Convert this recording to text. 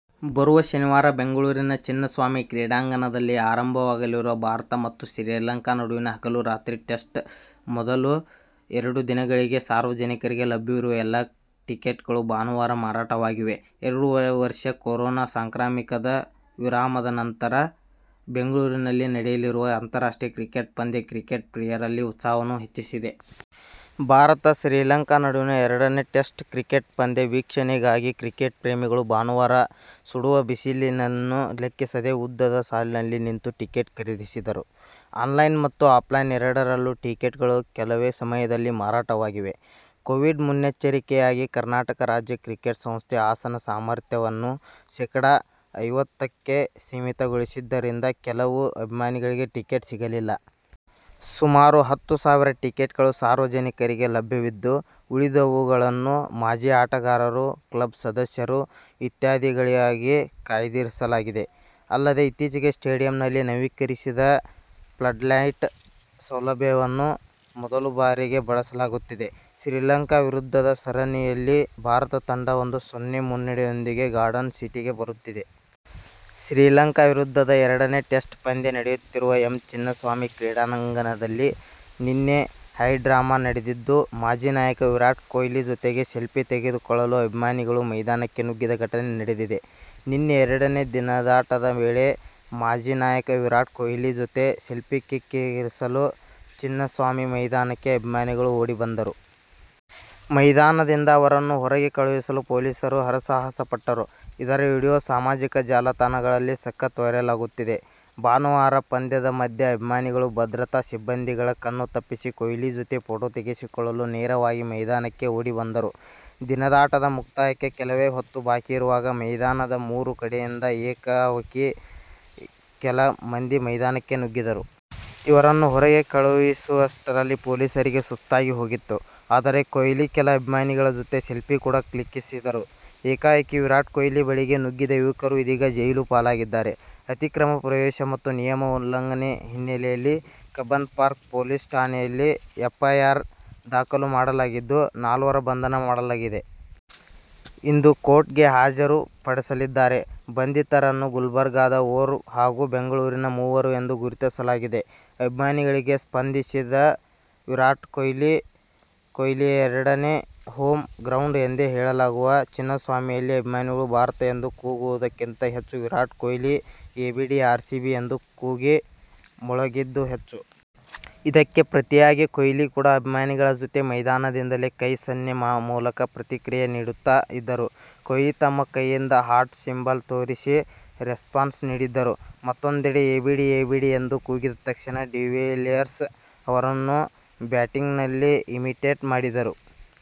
ಬರುವ ಶನಿವಾರ ಬೆಂಗಳೂರಿನ ಚಿನ್ನಸ್ವಾಮಿ ಕ್ರೀಡಾಂಗಣದಲ್ಲಿ ಆರಂಭವಾಗಲಿರುವ ಭಾರತ ಮತ್ತು ಶ್ರೀಲಂಕಾ ನಡುವಿನ ಹಗಲು-ರಾತ್ರಿ ಟೆಸ್ಟ್ನ ಮೊದಲ ಎರಡು ದಿನಗಳಿಗೆ ಸಾರ್ವಜನಿಕರಿಗೆ ಲಭ್ಯವಿರುವ ಎಲ್ಲಾ ಟಿಕೆಟ್ಗಳು ಭಾನುವಾರ ಮಾರಾಟವಾಗಿವೆ. ಎರಡು ವರ್ಷ ಕೊರೋನಾ ಸಾಂಕ್ರಾಮಿಕದ ವಿರಾಮದ ನಂತರ ಬೆಂಗಳೂರಿನಲ್ಲಿ ನಡೆಯಲಿರುವ ಅಂತಾರಾಷ್ಟ್ರೀಯ ಕ್ರಿಕೆಟ್ ಪಂದ್ಯ ಕ್ರಿಕೆಟ್ ಪ್ರಿಯರಲ್ಲಿ ಉತ್ಸಾಹವನ್ನು ಹೆಚ್ಚಿಸಿದೆ. ಭಾರತ- ಶ್ರೀಲಂಕಾ ನಡುವಿನ ಎರಡನೇ ಟೆಸ್ಟ್ ಕ್ರಿಕೆಟ್ ಪಂದ್ಯ ವೀಕ್ಷಣೆಗಾಗಿ ಕ್ರಿಕೆಟ್ ಪ್ರೇಮಿಗಳು ಭಾನುವಾರ ಸುಡುವ ಬಿಸಿಲನ್ನು ಲೆಕ್ಕಿಸದೆ ಉದ್ದದ ಸಾಲಿನಲ್ಲಿ ನಿಂತು ಟಿಕೆಟ್ ಖರೀದಿಸಿದರು. ಆನ್ಲೈನ್ ಮತ್ತು ಆಫ್ಲೈನ್ ಎರಡರಲ್ಲೂ ಟಿಕೆಟ್ಗಳು ಕೆಲವೇ ಸಮಯದಲ್ಲಿ ಮಾರಾಟವಾಗಿವೆ. ಕೋವಿಡ್ ಮುನ್ನೆಚ್ಚರಿಕೆಯಾಗಿ ಕರ್ನಾಟಕ ರಾಜ್ಯ ಕ್ರಿಕೆಟ್ ಸಂಸ್ಥೆ ಆಸನ ಸಾಮರ್ಥ್ಯವನ್ನು ಶೇಕಡಾ ಐವತ್ತಕ್ಕೆ ಸೀಮಿತಗೊಳಿಸಿದ್ದರಿಂದ ಕೆಲವು ಅಭಿಮಾನಿಗಳಿಗೆ ಟಿಕೆಟ್ ಸಿಗಲಿಲ್ಲ. ಸುಮಾರು ಹತ್ತು ಸಾವಿರ ಟಿಕೆಟ್ಗಳು ಸಾರ್ವಜನಿಕರಿಗೆ ಲಭ್ಯವಿದ್ದು, ಉಳಿದವುಗಳನ್ನು ಮಾಜಿ ಆಟಗಾರರು, ಕ್ಲಬ್ ಸದಸ್ಯರು ಇತ್ಯಾದಿಗಳಿಗಾಗಿ ಕಾಯ್ದಿರಿಸಲಾಗಿದೆ. ಅಲ್ಲದೆ, ಇತ್ತೀಚೆಗೆ ಸ್ಟೇಡಿಯಂನಲ್ಲಿ ನವೀಕರಿಸಿದ ಫ್ಲಡ್ಲೈಟ್ ಸೌಲಭ್ಯವನ್ನು ಮೊದಲ ಬಾರಿಗೆ ಬಳಸಲಾಗುತ್ತಿದೆ. ಶ್ರೀಲಂಕಾ ವಿರುದ್ಧದ ಸರಣಿಯಲ್ಲಿ ಭಾರತ ತಂಡ ಒಂದು ಸೊನ್ನೆ ಮುನ್ನಡೆಯೊಂದಿಗೆ ಗಾರ್ಡನ್ ಸಿಟಿಗೆ ಬರುತ್ತಿದೆ. ಶ್ರೀಲಂಕಾ ವಿರುದ್ಧದ ಎರಡನೇ ಟೆಸ್ಟ್ ಪಂದ್ಯ ನಡೆಯುತ್ತಿರುವ ಎಂ ಚಿನ್ನಸ್ವಾಮಿ ಕ್ರೀಡಾಂಗಣದಲ್ಲಿ ನಿನ್ನೆ ಹೈಡ್ರಾಮಾ ನಡೆದಿದ್ದು, ಮಾಜಿ ನಾಯಕ ವಿರಾಟ್ ಕೊಹ್ಲಿ ಜೊತೆಗೆ ಸೆಲ್ಫಿ ತೆಗೆದುಕೊಳ್ಳಲು ಅಭಿಮಾನಿಗಳು ಮೈದಾನಕ್ಕೆ ನುಗ್ಗಿದ ಘಟನೆ ನಡೆದಿದೆ. ನಿನ್ನೆ ಎರಡನೇ ದಿನದಾಟದ ವೇಳೆ ಮಾಜಿ ನಾಯಕ ವಿರಾಟ್ ಕೊಹ್ಲಿ ಜೊತೆ ಸೆಲ್ಫೀ ಕ್ಲಿಕ್ಕಿಸಲು ಚಿನ್ನಸ್ವಾಮಿ ಮೈದಾನಕ್ಕೇ ಅಭಿಮಾನಿಗಳು ಓಡಿ ಬಂದರು. ಮೈದಾನದಿಂದ ಅವರನ್ನು ಹೊರಗೆ ಕಳುಹಿಸಲು ಪೊಲೀಸರು ಹರಸಾಹಸ ಪಟ್ಟರು. ಇದರ ವಿಡಿಯೋ ಸಾಮಾಜಿಕ ಜಾಲತಾಣಗಳಲ್ಲಿ ಸಖತ್ ವೈರಲ್ ಆಗುತ್ತಿದೆ. ಭಾನುವಾರ ಪಂದ್ಯದ ಮಧ್ಯೆ ಅಭಿಮಾನಿಗಳು ಭದ್ರತಾ ಸಿಬ್ಬಂದಿಗಳ ಕಣ್ಣು ತಪ್ಪಿಸಿ ಕೊಹ್ಲಿ ಜೊತೆ ಫೋಟೋ ತೆಗೆಸಿಕೊಳ್ಳಲು ನೇರವಾಗಿ ಮೈದಾನಕ್ಕೆ ಓಡಿ ಬಂದರು. ದಿನದಾಟದ ಮುಕ್ತಾಯಕ್ಕೆ ಕೆಲವೇ ಹೊತ್ತು ಬಾಕಿ ಇರುವಾಗ ಮೈದಾನದ ಮೂರು ಕಡೆಯಿಂದ ಏಕಾಏಕಿ ಕೆಲ ಮಂದಿ ಮೈದಾನಕ್ಕೆ ನುಗ್ಗಿದರು. ಇವರನ್ನು ಹೊರಗೆ ಕಳುಹಿಸುವಷ್ಟರಲ್ಲಿ ಪೊಲೀಸರಿಗೆ ಸುಸ್ತಾಗಿ ಹೋಗಿತ್ತು. ಆದರೆ, ಕೊಹ್ಲಿ ಕೆಲ ಅಭಿಮಾನಿಗಳ ಜೊತೆ ಸೆಲ್ಫಿ ಕೂಡ ಕ್ಲಿಕ್ಕಿಸಿದರು. ಏಕಾಏಕಿ ವಿರಾಟ್ ಕೊಹ್ಲಿ ಬಳಿಗೆ ನುಗ್ಗಿದ್ದ ಯುವಕರು ಇದೀಗ ಜೈಲು ಪಾಲಾಗಿದ್ದಾರೆ. ಅತಿಕ್ರಮ ಪ್ರವೇಶ ಮತ್ತು ನಿಯಮ ಉಲ್ಲಂಘನೆ ಹಿನ್ನಲೆಯಲ್ಲಿ ಕಬ್ಬನ್ ಪಾರ್ಕ್ ಪೊಲೀಸ್ ಠಾಣೆಯಲ್ಲಿ ಎಫ್ಐಆರ್ ದಾಖಲು ಮಾಡಲಾಗಿದ್ದು ನಾಲ್ವರ ಬಂಧನ ಮಾಡಲಾಗಿದೆ. ಇಂದು ಕೋರ್ಟ್ಗೆ ಹಾಜರು ಪಡಿಸಲಿದ್ದಾರೆ. ಬಂಧಿತರನ್ನು ಗುಲ್ಬರ್ಗಾದ ಓರ್ವ ಹಾಗೂ ಬೆಂಗಳೂರಿನ ಮೂವರು ಎಂದು ಗುರುತಿಸಲಾಗಿದೆ. ಅಭಿಮಾನಿಗಳಿಗೆ ಸ್ಪಂದಿಸಿದ ಕೊಹ್ಲಿ ವಿರಾಟ್ ಕೊಹ್ಲಿಯ ಎರಡನೇ ಹೋಮ್ ಗ್ರೌಂಡ್ ಎಂದೇ ಹೇಳಲಾಗುವ ಚಿನ್ನಸ್ವಾಮಿಯಲ್ಲಿ ಅಭಿಮಾನಿಗಳು ಭಾರತ ಎಂದು ಕೂಗುವುದಕ್ಕಿಂತ ಹೆಚ್ಚು ವಿರಾಟ್ ಕೊಹ್ಲಿ, ಎಬಿಡಿ, ಆರ್ಸಿಬಿ ಎಂಬ ಕೂಗು ಮೊಳಗಿದ್ದೇ ಹೆಚ್ಚು. ಇದಕ್ಕೆ ಪ್ರತಿಯಾಗಿ ಕೊಹ್ಲಿ ಕೂಡ ಅಭಿಮಾನಿಗಳ ಜೊತೆ ಮೈದಾನದಿಂದಲೇ ಕೈ ಸನ್ನೆ ಮೂಲಕ ಪ್ರತಿಕ್ರಿಯೆ ನೀಡುತ್ತಾ ಇದ್ದರು. ಕೊಹ್ಲಿ ತಮ್ಮ ಕೈಯಿಂದ ಹಾರ್ಟ್ ಸಿಂಬಲ್ ತೋರಿಸಿ ರೆಸ್ಪಾನ್ಸ್ ನೀಡಿದ್ದರು. ಮತ್ತೊಂದೆಡೆ ಎಬಿಡಿ, ಎಬಿಡಿ ಎಂದು ಕೂಗಿದ ತಕ್ಷಣ ಡಿವಿಲಿಯರ್ಸ್ ಅವರನ್ನು ಬ್ಯಾಟಿಂಗ್ನಲ್ಲಿ ಇಮಿಟೇಟ್ ಮಾಡಿದರು.